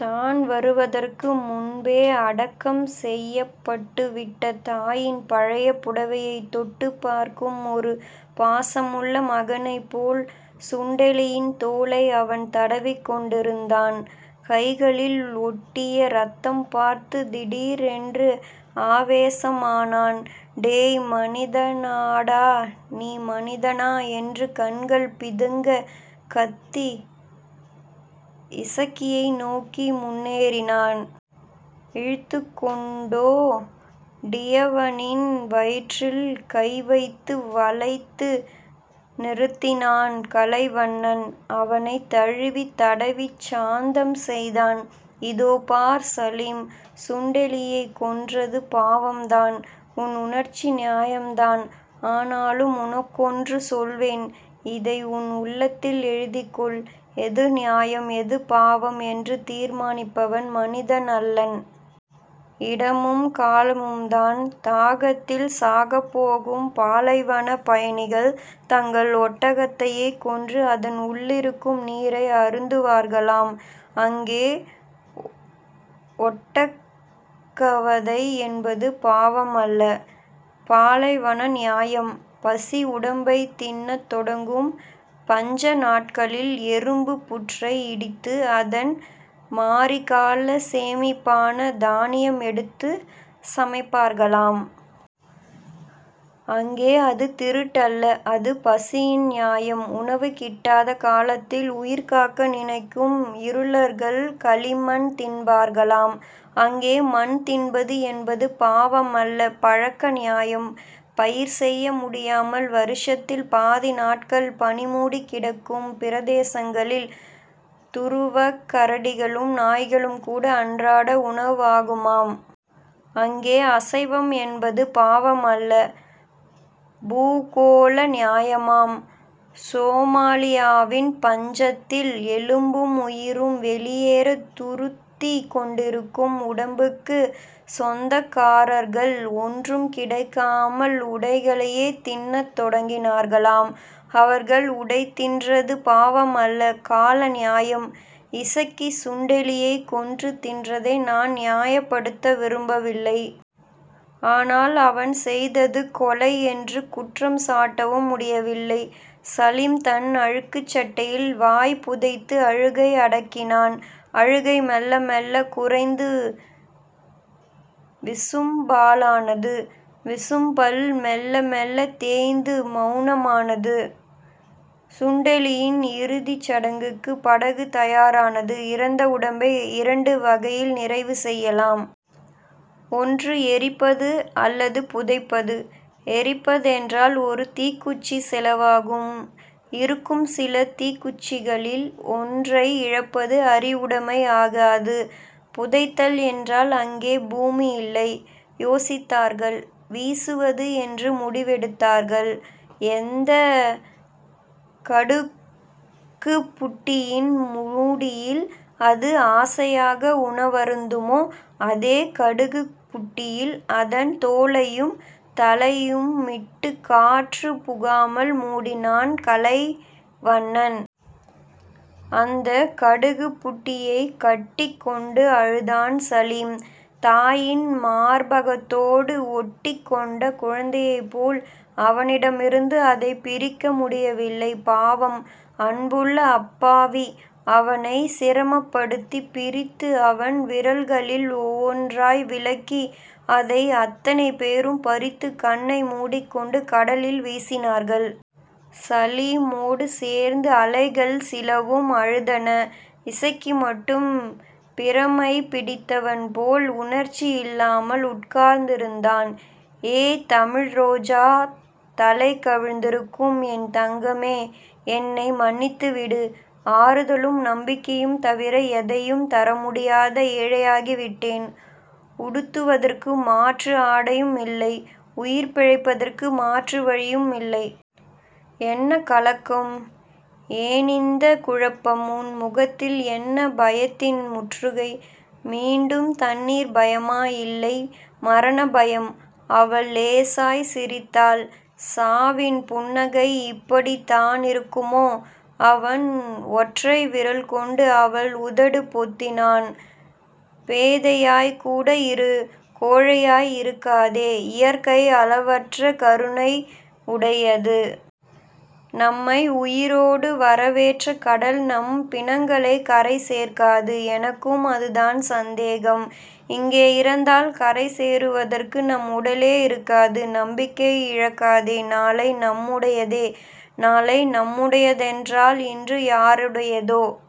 தான் வருவதற்கு முன்பே அடக்கம் செய்யப்பட்டுவிட்ட தாயின் பழைய புடவையைத் தொட்டுப் பார்க்கும் ஒரு பாசமுள்ள மகனைப் போல சுண்டெலியின் தோலை அவன் தடவிக்கொண்டிருந்தான். கைகளில் ஒட்டிய ரத்தம்பார்த்துத் திடீரென்று ஆவேசமானான். டேய், மனிதனாடா. நீ மனிதனா? என்று கண்கள் பிதுங்கக் கத்தி, இசக்கியை நோக்கி முன்னேறினான். இழுத்துக் கொண்டோ டியவனின் வயிற்றில் கைவைத்து வளைத்து நிறுத்தினான் கலைவண்ணன். அவனைத் தழுவித் தடவிச் சாந்தம் செய்தான். இதோ பார் சலீம். சுண்டெலியைக் கொன்றது பாவம்தான். உன் உணர்ச்சி நியாயம்தான். ஆனாலும் உனக்கொன்று சொல்வேன். இதை உன் உள்ளத்தில் எழுதிக்கொள். எது நியாயம், எது பாவம், என்று தீர்மானிப்பவன் மனிதனல்லன். இடமும் காலமும்தான். தாகத்தில் சாகப் போகும் பாலைவனப் பயணிகள், தங்கள் ஒட்டகத்தையே கொன்று அதன் உள்ளிருக்கும் நீரை அருந்துவார்களாம். அங்கே ஒட்டகவதை என்பது பாவமல்ல. பாலைவன நியாயம். பசி உடம்பைத் தின்னத் தொடங்கும் பஞ்சநாட்களில் எறும்புப் புற்றை இடித்து, அதன் மாரிக்காலச் சேமிப்பான தானியம் எடுத்துச் சமைப்பார்களாம். அங்கே அது திருட்டு அல்ல. அது பசியின் நியாயம். உணவு கிட்டாத காலத்தில் உயிர்காக்க நினைக்கும் இருளர்கள், களிமண் தின்பார்களாம். அங்கே மண் தின்பது என்பது பாவமல்ல. பழக்க நியாயம். பயிர் செய்ய முடியாமல் வருஷத்தில் பாதி நாட்கள் பனிமுடிக் கிடக்கும் பிரதேசங்களில் துருவக்கரடிகளும் நாய்களும்கூட அன்றாட உணவாகுமாம். அங்கே அசைவம் என்பது பாவமல்ல. பூகோள நியாயம். சோமாலியாவின் பஞ்சத்தில் எலும்பும் உயிரும் வெளியேறத் துருத்திக் கொண்டிருக்கும் உடம்புக்குச் சொந்தக்காரர்கள் ஒன்றும் கிடைக்காமல் உடைகளையே தின்னத் தொடங்கினார்களாம். அவர்கள் உடை தின்றது பாவமல்ல. கால நியாயம். இசக்கி சுண்டெலியைக் கொன்று தின்றதை நான் நியாயப்படுத்த விரும்பவில்லை. ஆனால், அவன் செய்தது கொலை என்று குற்றம்சாட்டவும் முடியவில்லை. சலீம் தன் அழுக்குச் சட்டையில் வாய் புதைத்து அழுகை அடக்கினான். அழுகை மெல்ல மெல்லக் குறைந்து விசும்பலானது. விசும்பல் மெல்ல மெல்லத் தேய்ந்து மெளனமானது. சுண்டெலியின் இறுதிச் சடங்குக்குப் படகு தயாரானது. இறந்த உடம்பை இரண்டு வகையில் நிறைவு செய்யலாம். ஒன்று எரிப்பது அல்லது புதைப்பது. எரிப்பதென்றால் ஒரு தீக்குச்சி செலவாகும். இருக்கும் சில தீக்குச்சிகளில் ஒன்றை இழப்பது அறிவுடைமை ஆகாது. புதைத்தல் என்றால் அங்கே பூமியில்லை. யோசித்தார்கள். வீசுவது என்று முடிவெடுத்தார்கள். எந்தக் கடுகுப்புட்டியின் முடியில் அது ஆசையாக உணவருந்துமோ அதே கடுகுப்புட்டியில், அதன் தோலையும் தலையையுமிட்டுக் காற்றுப் புகாமல் முடினான் கலைவண்ணன். அந்தக் கடுகுப் புட்டியைக் கட்டிக் கொண்டு அழுதான் சலீம். தாயின் மார்பகத்தோடு ஒட்டிக் கொண்ட குழந்தையைப் போல் அவனிடமிருந்து அதைப் பிரிக்க முடியவில்லை. பாவம். அன்புள்ள அப்பாவி. அவனைச் சிரமப்படுத்திப் பிரித்து, அவன் விரல்களில் ஒவ்வொன்றாய் விலக்கி, அதை அத்தனை பேரும் பறித்துக் கண்ணை முடிக்கொண்டு கடலில் வீசினார்கள். சலீமோடு சேர்ந்து அலைகள் சிலவும் அழுதன. இசக்கி மட்டும் பிரமைப் பிடித்தவன் போல் உணர்ச்சியில்லாமல் உட்கார்ந்திருந்தான். ஏ தமிழ்ரோஜா. தலை கவிழ்ந்திருக்கும் என் தங்கமே. என்னை மன்னித்துவிடு. ஆறுதலும் நம்பிக்கையும் தவிர எதையும் தர முடியாத ஏழையாகிவிட்டேன். உடுத்துவதற்கு மாற்று ஆடையுமில்லை. உயிர் பிழைப்பதற்கு மாற்று வழியுமில்லை. என்ன கலக்கம். ஏனிந்தக் குழப்பம். உன் முகத்தில் என்ன பயத்தின் முற்றுகை. மீண்டும் தண்ணீர் பயமா? இல்லை. மரணபயம் அவள் லேசாய்ச் சிரித்தாள். சாவின் புன்னகை இப்படித்தானிருக்குமோ? அவன் ஒற்றைவிரல் கொண்டு அவள் உதடு பொத்தினான். பேதையாய்க்கூட இரு. கோழையாய் இருக்காதே. இயற்கை அளவற்ற கருணையுடையது. நம்மை உயிரோடு வரவேற்ற கடல் நம் பிணங்களைக் கரை சேர்க்காது. எனக்கும் அதுதான் சந்தேகம். இங்கே இறந்தால் கரை சேர்வதற்கு நம் உடலே இருக்காது நம்பிக்கை இழக்காதே நாளை நம்முடையதே. நாளை நம்முடையதென்றால் இன்று யாருடையதோ?